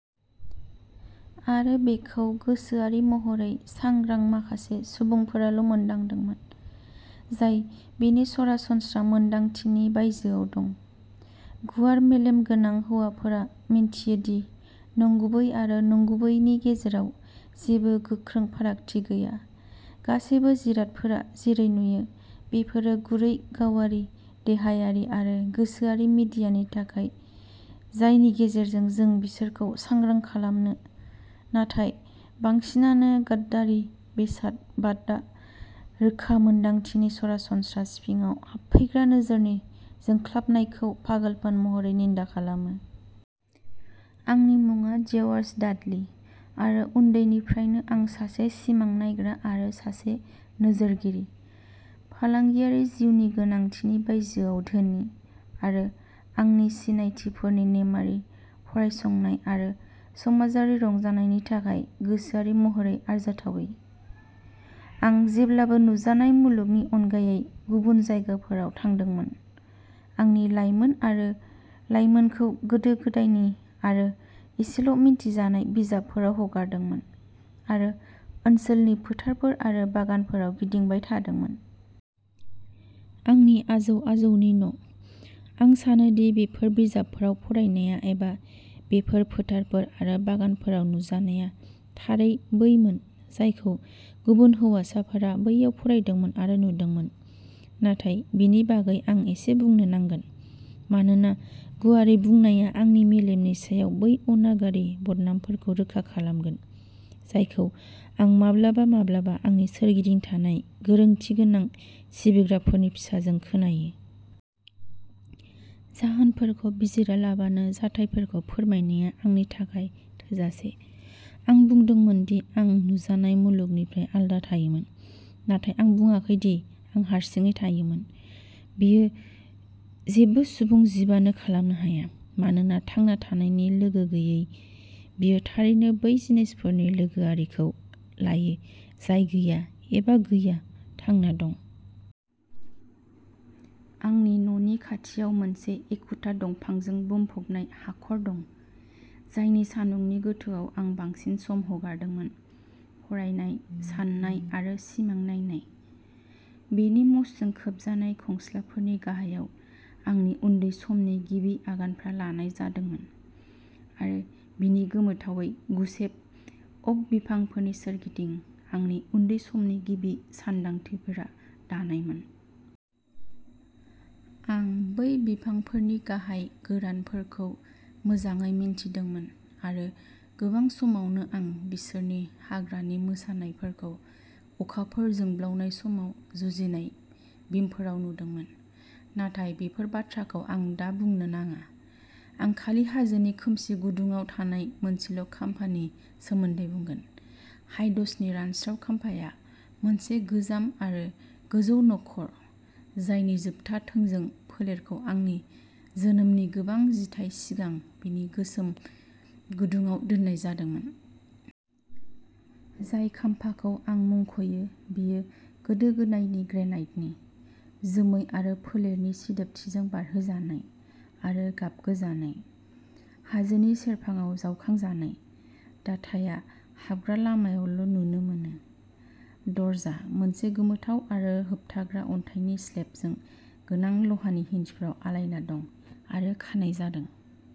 आरो बेखौ गोसोआरि महरै सांग्रां माखासे सुबुंफोराल' मोनदांदोंमोन, जाय बेनि सरासनस्रा मोन्दांथिनि बायजोआव दं। गुवार मेलेम गोनां हौवाफोरा मिथियो दि नंगुबै आरो नंगुबैनि गेजेराव जेबो गोख्रों फारागथि गैया, गासैबो जिरादफोरा जेरै नुयो बेफोरो गुरै गावारि देहायारि आरो गोसोआरि मिडियानि थाखाय जायनि गेजेरजों जों बिसोरखौ सांग्रां खालामो नाथाय बांसिनानो गाद्यारि बेसादबादआ रोखा मोनदांथिनि सरासनस्रा सिफिङाव हाबफैग्रा नोजोरनि जोंख्लाबनायखौ पागलपन महरै निन्दा खालामो। आंनि मुङा जेर्वास डाडली आरो उन्दैनिफ्रायनो आं सासे सिमां नायग्रा आरो सासे नोजोरगिरि। फालांगियारि जिउनि गोनांथिनि बायजोआव धोनि आरो आंनि सिनायथिफोरनि नेमआरि फरायसंनाय आरो समाजारि रंजानायनि थाखाय गोसोआरि महरै आरजाथावै, आं जेब्लाबो नुजानाय मुलुगनि अनगायै गुबुन जायगाफोराव थादोंमोन, आंनि लायमोन आरो लायमोनखौ गोदो गोदायनि आरो इसेल' मिथिजानाय बिजाबफोराव हगारदोंमोन आरो ओनसोलनि फोथारफोर आरो बागानफोराव गिदिंबाय थादोंमोन। आंनि आजौ आजौनि न'। आं सानो दि बेफोर बिजाबफोराव फरायनाया एबा बेफोर फोथारफोर आरो बागानफोराव नुजानाया थारै बैमोन जायखौ गुबुन हौवासाफोरा बैयाव फरायदोंमोन आरो नुदोंमोन, नाथाय बेनि बागै आं एसे बुंनो नांगोन, मानोना गुवारै बुंनाया आंनि मेलेमनि सायाव बै अनागारि बदनामफोरखौ रोखा खालामगोन जायखौ आं माब्लाबा माब्लाबा आंनि सोरगिदिं थानाय गोरोनथिगोनां सिबिग्राफोरनि फिसाजों खोनायो। जाहोनफोरखौ बिजिरालाबानो जाथायफोरखौ फोरमायनाया आंनि थाखाय थोजासे। आं बुंदोंमोन दि आं नुजानाय मुलुगनिफ्राय आलादा थायोमोन, नाथाय आं बुङाखै दि आं हारसिङै थायोमोन। बेयो जेबो सुबुं जिबानो खालामनो हाया, मानोना थांना थानायनि लोगो गैयै, बियो थारैनो बै जिनिसफोरनि लोगोआरिखौ लायो जाय गैया, एबा गैया, थांना दं। आंनि न'नि खाथियाव मोनसे एखुथा दंफांजों बुंफबनाय हाखर दं, जायनि सान्दुंनि गोथौआव आं बांसिन सम हगारदोंमोन, फरायनाय, साननाय आरो सिमां नायनाय। बेनि मोसजों खोबजानाय खंस्लायफोरनि गाहायाव। आंनि उन्दै समनि गिबि आगानफोरा लानाय जादोंमोन, आरो बेनि गोमोथावै गुसेब अक बिफांफोरनि सोरगिदिं आंनि उन्दै समनि गिबि सानदांथिफोरा दानायमोन। आं बै बिफांफोरनि गाहाय गोरानफोरखौ मोजाङै मिथिदोंमोन आरो गोबां समावनो आं बिसोरनि हाग्रानि मोसानायफोरखौ अखाफोर जोबलांनाय समाव जुजिनाय बिमफोराव नुदोंमोन, नाथाय बेफोर बाथ्राफोरखौ आं दा बुंनो नाङा। आं खालि हाजोनि खोमसि गुदुङाव थानाय मोनसेल' खाम्फानि सोमोन्दै बुंगोन, हाइड्सनि रानस्राव खाम्फाया, मोनसे गोजाम आरो गोजौ नखर जायनि जोबथा थोंजों फोलेरखौ आंनि जोनोमनि गोबां जिथाय सिगां बिनि गोसोम गुदुङाव दोननाय जादोंमोन। जाय खाम्फाखौ आं मुंख'यो बेयो गोदो गोदायनि ग्रेनाइटनि, जोमै आरो फोलेरनि सिदोबथिजों बारहोजानाय आरो गाबगोजानाय। हाजोनि सेरफाङाव जावखांजानाय, दाथाइया हाबग्रा लामायावल' नुनो मोनो। दरजा, मोनसे गोमोथाव आरो होबथाग्रा अन्थाइनि स्लाब, जं गोनां लहानि हिंजफोराव आलायना दं, आरो खानाय जादों।